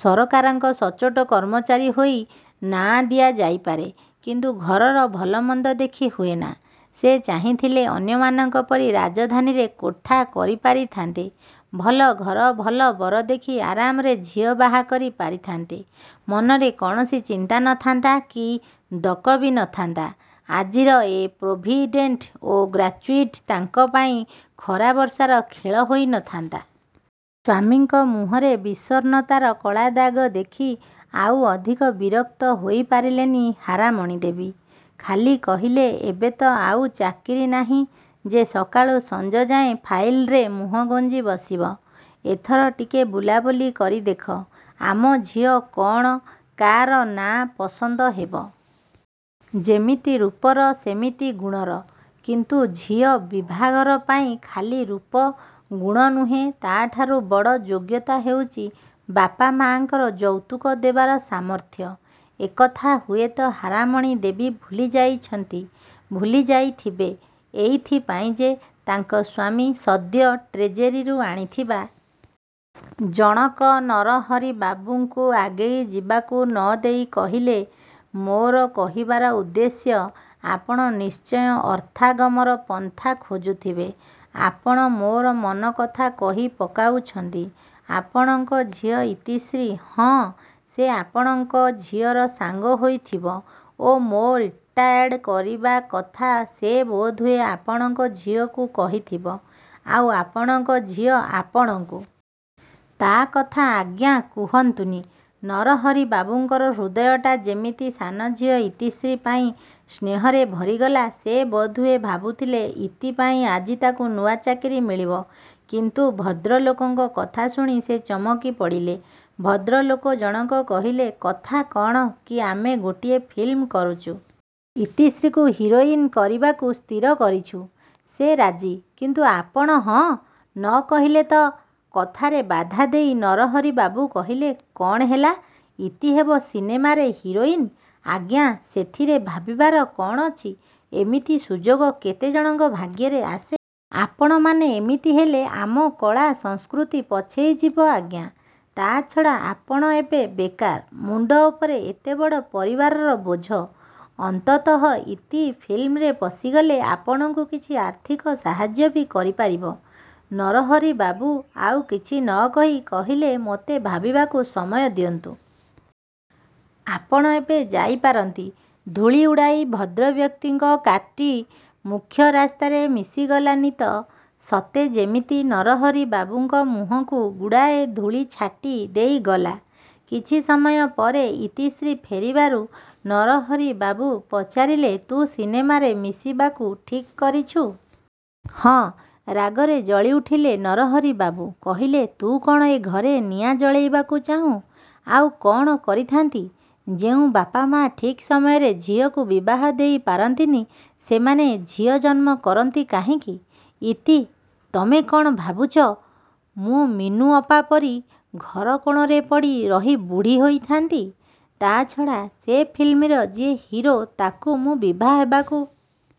ସରକାରଙ୍କ ସଚ୍ଚୋଟ କର୍ମଚାରୀ ହୋଇ ନାଆଁ ନିଆଯାଇପାରେ; କିନ୍ତୁ ଘରର ଭଲ–ମନ୍ଦ ଦେଖି ହୁଏନା। ସେ ଚାହିଁଥିଲେ ଅନ୍ୟମାନଙ୍କ ପରି ରାଜଧାନୀରେ କୋଠା କରିପାରିଥାନ୍ତେ। ଭଲ ଘର, ଭଲ ବର ଦେଖି ଆରାମରେ ଝିଅ ବାହାକରି ପାରିଥାନ୍ତେ। ମନରେ କୌଣସି ଚିନ୍ତା ନ ଥାନ୍ତା କି ଦକ ବି ନଥାନ୍ତା, ଆଜିର ଏ ପ୍ରୋଭିଡ଼େଣ୍ଟ ଓ ଗ୍ରାଚ୍ୟୁଇଟି ତାଙ୍କ ପାଇଁ ଖରାବର୍ଷାର ଖେଳ ହୋଇ ନ ଥାନ୍ତା। ସ୍ଵାମୀଙ୍କ ମୁହଁରେ ବିଷର୍ଣ୍ଣତାର କଳାଦାଗ ଦେଖି ଆଉ ଅଧିକ ବିରକ୍ତ ହୋଇ ପାରିଲେନି ହାରାମଣି ଦେବୀ। ଖାଲି କହିଲେ–ଏବେ ତ ଆଉ ଚାକିରି ନାହିଁ ଯେ ସକାଳୁ ସଞ୍ଜଯାଏ ଫାଇଲ୍ରେ ମୁହଁଗୁଞ୍ଜି ବସିବ। ଏଥର ଟିକେ ବୁଲାବୁଲି କରି ଦେଖ। ଆମ ଝିଅ କ'ଣ କା'ର ନା ପସନ୍ଦ ହେବ? ଯେମିତି ରୂପର, ସେମିତି ଗୁଣର। କିନ୍ତୁ ଝିଅ ବିଭାଘର ପାଇଁ ଖାଲି ରୂପ, ଗୁଣ ନୁହେଁ–ତା'ଠାରୁ ବଡ଼ ଯୋଗ୍ୟତା ହେଉଛି ବାପା ମାଆଙ୍କର ଯୌତୁକ ଦେବାର ସାମର୍ଥ୍ୟ–ଏକଥା ହୁଏତ ହାରାମଣୀ ଦେବୀ ଭୁଲିଯାଇଛନ୍ତି ଭୁଲିଯାଇଥିବେ ଏଇଥି ପାଇଁ ଯେ, ତାଙ୍କ ସ୍ଵାମୀ ସଦ୍ୟ ଟ୍ରେଜେରୀରୁ ଆଣିଥିବା। ଜଣକ ନରହରିବାବୁଙ୍କୁ ଆଗେଇଯିବାକୁ ନ ଦେଇ କହିଲେ–ମୋର କହିବାର ଉଦ୍ଦେଶ୍ୟ–ଆପଣ ନିଶ୍ଚୟ ଅର୍ଥାଗମର ପନ୍ଥା ଖୋଜୁଥିବେ। ଆପଣ ମୋର ମନ କଥା କହି ପକାଉଛନ୍ତି: ଆପଣଙ୍କ ଝିଅ ଇତିଶ୍ରୀ... ହଁ ସେ ଆପଣଙ୍କ ଝିଅର ସାଙ୍ଗ ହୋଇଥିବ ଓ ମୋ' ରିଟାୟାର୍ଡ଼ କରିବା କଥା ସେ ବୋଧହୁଏ ଆପଣଙ୍କ ଝିଅକୁ କହିଥିବ; ଆଉ ଆପଣଙ୍କ ଝିଅ ଆପଣଙ୍କୁ... ତା'କଥା ଆଜ୍ଞା କୁହନ୍ତୁନି...। ନରହରିବାବୁଙ୍କର ହୃଦୟଟା ଯେମିତି ସାନଝିଅ ଇତିଶ୍ରୀ ପାଇଁ ସ୍ନେହରେ ଭରିଗଲା। ସେ ବୋଧହୁଏ ଭାବୁଥିଲେ–ଇତି ପାଇଁ ଆଜି ତାଙ୍କୁ ନୂଆ ଚାକିରି ମିଳିବ। କିନ୍ତୁ ଭଦ୍ରଲୋକଙ୍କ କଥା ଶୁଣି ସେ ଚମକି ପଡ଼ିଲେ। ଭଦ୍ରଲୋକ ଜଣକ କହିଲେ–କଥା କ'ଣ କି ଆମେ ଗୋଟିଏ ଫିଲ୍ମ କରୁଛୁ। ଇତିଶ୍ରୀକୁ ହିରୋଇନ୍ କରିବାକୁ ସ୍ଥିର କରିଛୁ। ସେ ରାଜି; କିନ୍ତୁ ଆପଣ ହଁ' ନ କହିଲେ ତ... କଥାରେ ବାଧା ଦେଇ ନରହରିବାବୁ କହିଲେ–କ'ଣ ହେଲା, ଇତି ହେବ ସିନେମାରେ ହିରୋଇନ୍? ଆଜ୍ଞା ସେଥିରେ ଭାବିବାର କ'ଣ ଅଛି। ଏମିତି ସୁଯୋଗ କେତେ ଜଣଙ୍କ ଭାଗ୍ୟରେ ଆସେ। ଆପଣମାନେ ଏମିତି ହେଲେ ଆମ କଳା, ସଂସ୍କୃତି ପଛେଇଯିବ ଆଜ୍ଞା।... ତା' ଛଡ଼ା ଆପଣ ଏବେ ବେକାର-। ମୁଣ୍ଡ ଉପରେ ଏତେ ବଡ଼ ପରିବାରର ବୋଝ। ଅନ୍ତତଃ ଇତି ଫିଲ୍ମରେ ପଶିଗଲେ ଆପଣଙ୍କୁ କିଛି ଆର୍ଥିକ ସାହାଯ୍ୟ ବି କରିପାରିବ। ନରହରିବାବୁ ଆଉ କିଛି ନ କହି କହିଲେ ମୋତେ ଭାବିବାକୁ ସମୟ ଦିଅନ୍ତୁ।... ଆପଣ ଏବେ ଯାଇ ପାରନ୍ତି। ଧୂଳି ଉଡ଼ାଇ ଭଦ୍ରବ୍ୟକ୍ତିଙ୍କ କାର୍ଟି ମୁଖ୍ୟ ରାସ୍ତାରେ ମିଶିଗଲାନି ଯେ ସତେ ଯେମିତି ନରହରିବାବୁଙ୍କ ମୁହଁକୁ ଗୁଡ଼ାଏ ଧୂଳି ଛାଟି ଦେଇ ଗଲା। କିଛି ସମୟ ପରେ ଇତିଶ୍ରୀ ଫେରିବାରୁ ନରହରିବାବୁ ପଚାରିଲେ ତୁ ସିନେମାରେ ମିଶିବାକୁ ଠିକ୍ କରିଛୁ? ହଁ। ରାଗରେ ଜଳି ଉଠିଲେ ନରହରିବାବୁ। କହିଲେ ତୁ କ'ଣ ଏ ଘରେ ନିଆଁ ଜଳେଇବାକୁ ଚାହୁଁ? ଆଉ କ'ଣ କରିଥାନ୍ତି? ଯେଉଁ ବାପାମାଆ ଠିକ୍ ସମୟରେ ଝିଅକୁ ବିବାହ ଦେଇ ପାରନ୍ତିନି, ସେମାନେ ଝିଅ ଜନ୍ମ କରନ୍ତି କାହିଁକି? ଇତି... ତମେ କ'ଣ ଭାବୁଛ ମୁଁ ମିନୁ ଅପାପରି ଘରକୋଣରେ ପଡ଼ି ରହି ବୁଢ଼ୀ ହୋଇଥା'ନ୍ତି? ତା'ଛଡ଼ା ସେ ଫିଲ୍ମର ଯିଏ ହିରୋ ତାକୁ ମୁଁ ବିଭା ହେବାକୁ